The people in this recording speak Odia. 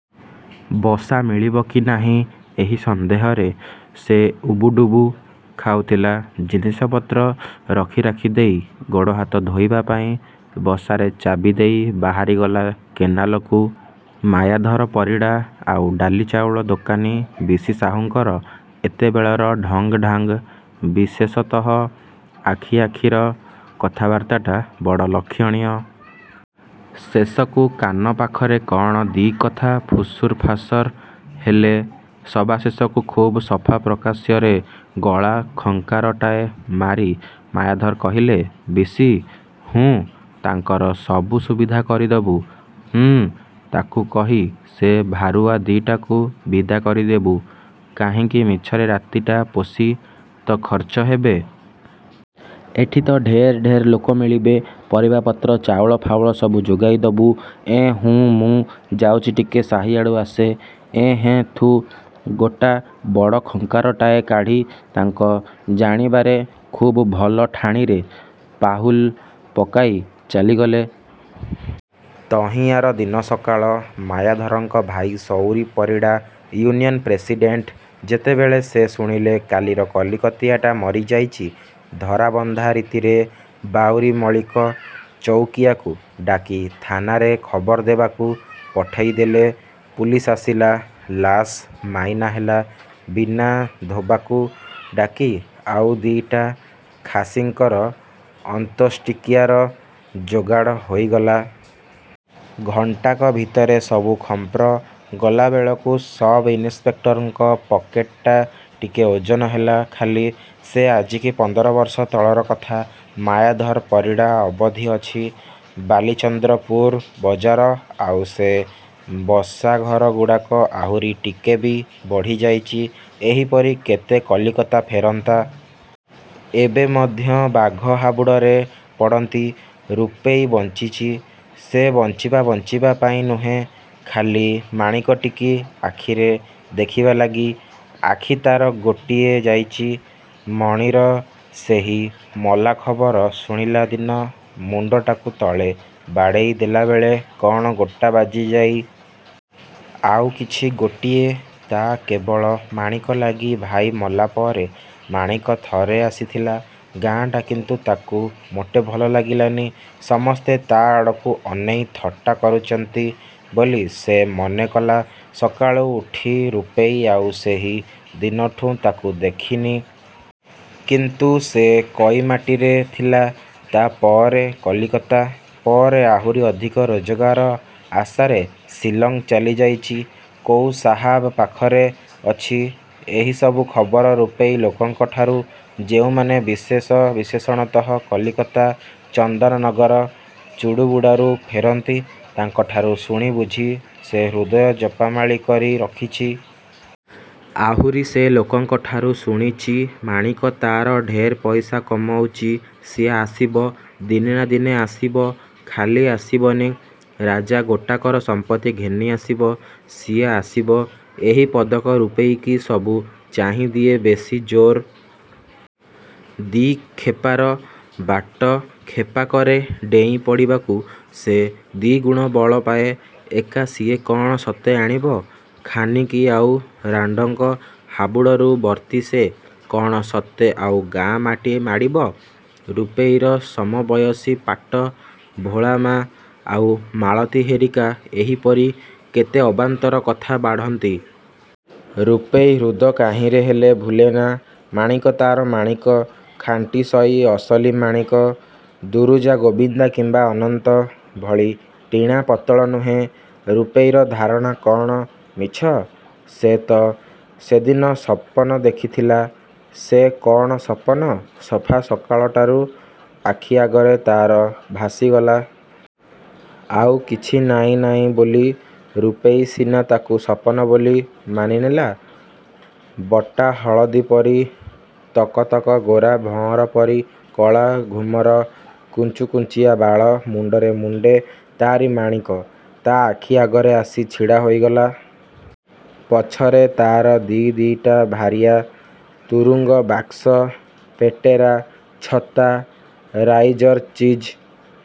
ବସା ମିଳିବ କି ନାହିଁ ଏହି ସନ୍ଦେହରେ ସେ ଉବୁଡ଼ୁବୁ ଖାଉଥିଲା। ଜିନିଷପତ୍ର ରଖିରାଖି ଦେଇ, ଗୋଡ଼ହାତ ଧୋଇବା ପାଇଁ ବସାରେ ଚାବି ଦେଇ ବାହାରି ଗଲା କେନାଲକୁ। ମାୟାଧର ପରିଡ଼ା ଆଉ ଡାଲି ଚାଉଳ ଦୋକାନୀ ବିଶି ସାହୁଙ୍କର ଏତେବେଳର ଢଙ୍ଗ୍ଢ଼ାଙ୍ଗ୍ ବିଶେଷତଃ ଆଖି ଆଖିର କଥାବାର୍ତ୍ତାଟା ବଡ଼ ଲକ୍ଷଣୀୟ। ଶେଷକୁ କାନ ପାଖରେ କଣ ଦି'କଥା ଫୁସୁର୍ ଫାସର୍ ହେଲେ। ସବାଶେଷକୁ ଖୁବ୍ ସଫା–ପ୍ରକାଶ୍ୟରେ, ଗଳା ଖଙ୍କାରଟାଏ ମାରି ମାୟାଧର କହିଲେ–ବିଶି, ହୁଁ, ତାଙ୍କର ସବୁ ସୁବିଧା କରିଦବୁ। ହୁଁ, ତାକୁ କହି ସେ ଭାରୁଆ ଦି'ଟାକୁ ବିଦା କରିଦେବୁ। କାହିଁକି ମିଛରେ ରାତିଟା ପୋଷି ତ' ଖର୍ଚ୍ଚ ହେବେ। ଏଠିତ ଢେର୍ ଢ଼େର୍ ଲୋକ ମିଳିବେ। ପରିବାପତ୍ର ଚାଉଳ ଫାଉଳ ସବୁ ଯୋଗେଇ ଦବୁ। ଏଁ ହୁଁ, ମୁଁ ଯାଉଚି ଟିକେ ସାହିଆଡ଼ୁ ଆସେ..., ଏଁ ହେଁ, ଥୁଁ... ଗୋଟା ବଡ଼ ଖଙ୍କାରଟାଏ କାଢ଼ି, ତାଙ୍କ ଜାଣିବାରେ ଖୁବ୍ ଭଲ ଠାଣିରେ ପାହୁଲ ପକାଇ ଚାଲିଗଲେ। ତହିଁଆର ଦିନ ସକାଳ। ମାୟାଧରଙ୍କ ଭାଇ ସଉରି ପରିଡ଼ା ୟୁନିଅନ୍ ପ୍ରେସିଡ଼େଣ୍ଟ। ଯେତେବେଳେ ସେ ଶୁଣିଲେ, କାଲିର କଲିକତିଆଟା ମରିଯାଇଚି, ଧରାବନ୍ଧା ରୀତିରେ ବାଉରି ମଳିକ ଚଉକିଆକୁ ଡାକି ଥାନାରେ ଖବର ଦେବାକୁ ପଠେଇଦେଲେ। ପୁଲିସ ଆସିଲା। ଲାଶ୍ ମାଇନା ହେଲା। ବିନା ଧୋବାକୁ ଡାକି ଆଉ ଦି'ଟା ଖାସିଙ୍କର ଅନ୍ତ୍ୟେଷ୍ଟିକ୍ରିୟାର ଯୋଗାଡ଼ ହୋଇଗଲା। ଘଣ୍ଟାକ ଭିତରେ ସବୁ ଖତ୍ମ। ଗଲାବେଳକୁ ସବ୍ଇନ୍ସପେକ୍ଟରଙ୍କ ପକେଟ୍ଟା ଟିକେ ଓଜନ ହେଲା ଖାଲି। ସେ ଆଜିକି ପନ୍ଦର ବର୍ଷ ତଳର କଥା। ମାୟାଧର ପରିଡ଼ା ଅବଧି ଅଛି। ବାଲିଚନ୍ଦ୍ରପୁର ବଜାର ଆଉ ସେ ବସାଘରଗୁଡ଼ାକ ଆହୁରି ଟିକେ ବି ବଢ଼ି ଯାଇଚି। ଏହିପରି କେତେ କଲିକତା ଫେରନ୍ତା। ଏବେ ମଧ୍ୟ ବାଘ ହାବୁଡ଼ରେ ପଡ଼ନ୍ତି। ରୂପେଇ ବଞ୍ଚିଚି। ସେ ବଞ୍ଚିବା ବଞ୍ଚିବା ପାଇଁ ନୁହେଁ, ଖାଲି ମାଣିକଟିକି ଆଖିରେ ଦେଖିବା ଲାଗି। ଆଖି ତାର ଗୋଟିଏ ଯାଇଚି, ମଣିର ସେହି ମଲା ଖବର ଶୁଣିଲା ଦିନ ମୁଣ୍ଡଟାକୁ ତଳେ ବାଡ଼େଇ ଦେଲାବେଳେ କଣ ଗୋଟା ବାଜିଯାଇ। ଆଉ ଅଛି ଗୋଟିଏ–ତା' କେବଳ ମାଣିକ ଲାଗି। ଭାଇ ମଲା ପରେ ମାଣିକ ଥରେ ଆସିଥିଲା। ଗାଁଟା କିନ୍ତୁ ତାକୁ ମୋଟେ ଭଲ ଲାଗିଲାନି। ସମସ୍ତେ ତା' ଆଡ଼କୁ ଅନେଇ ଥଟ୍ଟା କରୁଚନ୍ତି ବୋଲି ସେ ମନେ କଲା। ସକାଳୁ ଉଠି ରୂପେଇ ଆଉ। ସେହି ଦିନଠୁଁ ତାକୁ ଦେଖିନି। କିନ୍ତୁ ସେ କଇମାଟିରେ ଥିଲା। ତା'ପରେ କଲିକତା, ପରେ ଆହୁରି ଅଧିକ ରୋଜଗାର ଆଶାରେ ଶିଲଂ ଚାଲିଯାଇଚି। କୋଉ ସାହାଵ ପାଖରେ ଅଛି। ଏହିସବୁ ଖବର ରୂପେଇ ଲୋକଙ୍କଠାରୁ, ଯେଉଁମାନେ ବିଦେଶ ବିଶେଷତଃ, କଲିକତା, ଚନ୍ଦନ ନଗର, ଚୁଡ଼ୁଚୁଡ଼ାରୁ ଫେରନ୍ତି, ତାଙ୍କଠାରୁ ଶୁଣି ବୁଝି ସେ ହୃଦୟ ଜପାମାଳି କରି ରଖିଚି। ଆହୁରି ସେ ଲୋକଙ୍କଠାରୁ ଶୁଣିଚି ମାଣିକ ତାର ଢେର୍ ପଇସା କମଉଚି। ସିଏ ଆସିବ, ଦିନେ ନା ଦିନେ ଆସିବ। ଖାଲି ଆସିବନି, ରାଜା ଗୋଟାକର ସମ୍ପତ୍ତି ଘେନି ଆସିବ। ସିଏ ଆସିବ। ଏହି ପଦକ ରୂପେଇ କି ସବୁ ଚାହିଁ ଦିଏ ବେଶି ଜୋର। ଦି'କ୍ଷେପାର ବାଟ କ୍ଷେପାକରେ ଡେଇଁ ପଡ଼ିବାକୁ ସେ ଦି'ଗୁଣ ବଳ ପାଏ। "ଏକା ସିଏ କଣ ସତେ ଆସିବ। ଖାନିକୀ ଆଉ ରାଣ୍ଡଙ୍କ ହାବୁଡ଼ରୁ ବର୍ତ୍ତି ସେ କଣ ସତେ ଆଉ ଗାଁ ମାଟି ମାଡ଼ିବ। " ରୂପେଇର ସମବୟସୀ ପାଟ, ଭୋଳାମା, ଆଉ ମାଳତୀ ହେରିକା ଏହିପରି କେତେ ଅବାନ୍ତର କଥା ବାଢ଼ନ୍ତି। ରୂପେଇର ହୃଦ କାହିଁରେ ହେଲେ ଭୁଲେନା। ମାଣିକ ତା'ର ମାଣିକ, ଖାଣ୍ଟିସଇ, ଅସଲି ମାଣିକ। ଦୁରୁଜା, ଗୋବିନ୍ଦା କିମ୍ବା ଅନନ୍ତ! ଭଳି ଟିଣା, ପିତଳ ନୁହେଁ। ରୂପେଇର ଧାରଣା କଣ ମିଛ? ସେତ ସେଦିନ ସପନ ଦେଖିଥିଲା। ସେ କଣ ସପନ-! ସଫା ସକାଳଟାରୁ ଆଖି ଆଗରେ ତା'ର ଭାସିଗଲା। ଆଉ କିଛି ନାଁ ନାଇଁ ବୋଲି ରୂପେଇ ସିନା ତାକୁ ସପନ ବୋଲି ମାନି ନେଲା। ବଟା ହଳଦି ପରି ତକତକ ଗୋରା, ଭଅଁର ପରି କଳା ଘୁମର କୁଞ୍ଚୁକୁଞ୍ଚିଆ ବାଳ ମୁଣ୍ଡରେ ମୁଣ୍ଡେ ତାରି ମାଣିକ। ତା' ଆଖି ଆଗରେ ଆସି ଛିଡ଼ା ହୋଇଗଲା। ପଛରେ ତାର ଦି' ଦି'ଟା ଭାରିଆ। ତୁରୁଙ୍ଗ, ବାକ୍ସ, ପେଟେରା, ଛତା, ରାଇଜର ଚିଜ।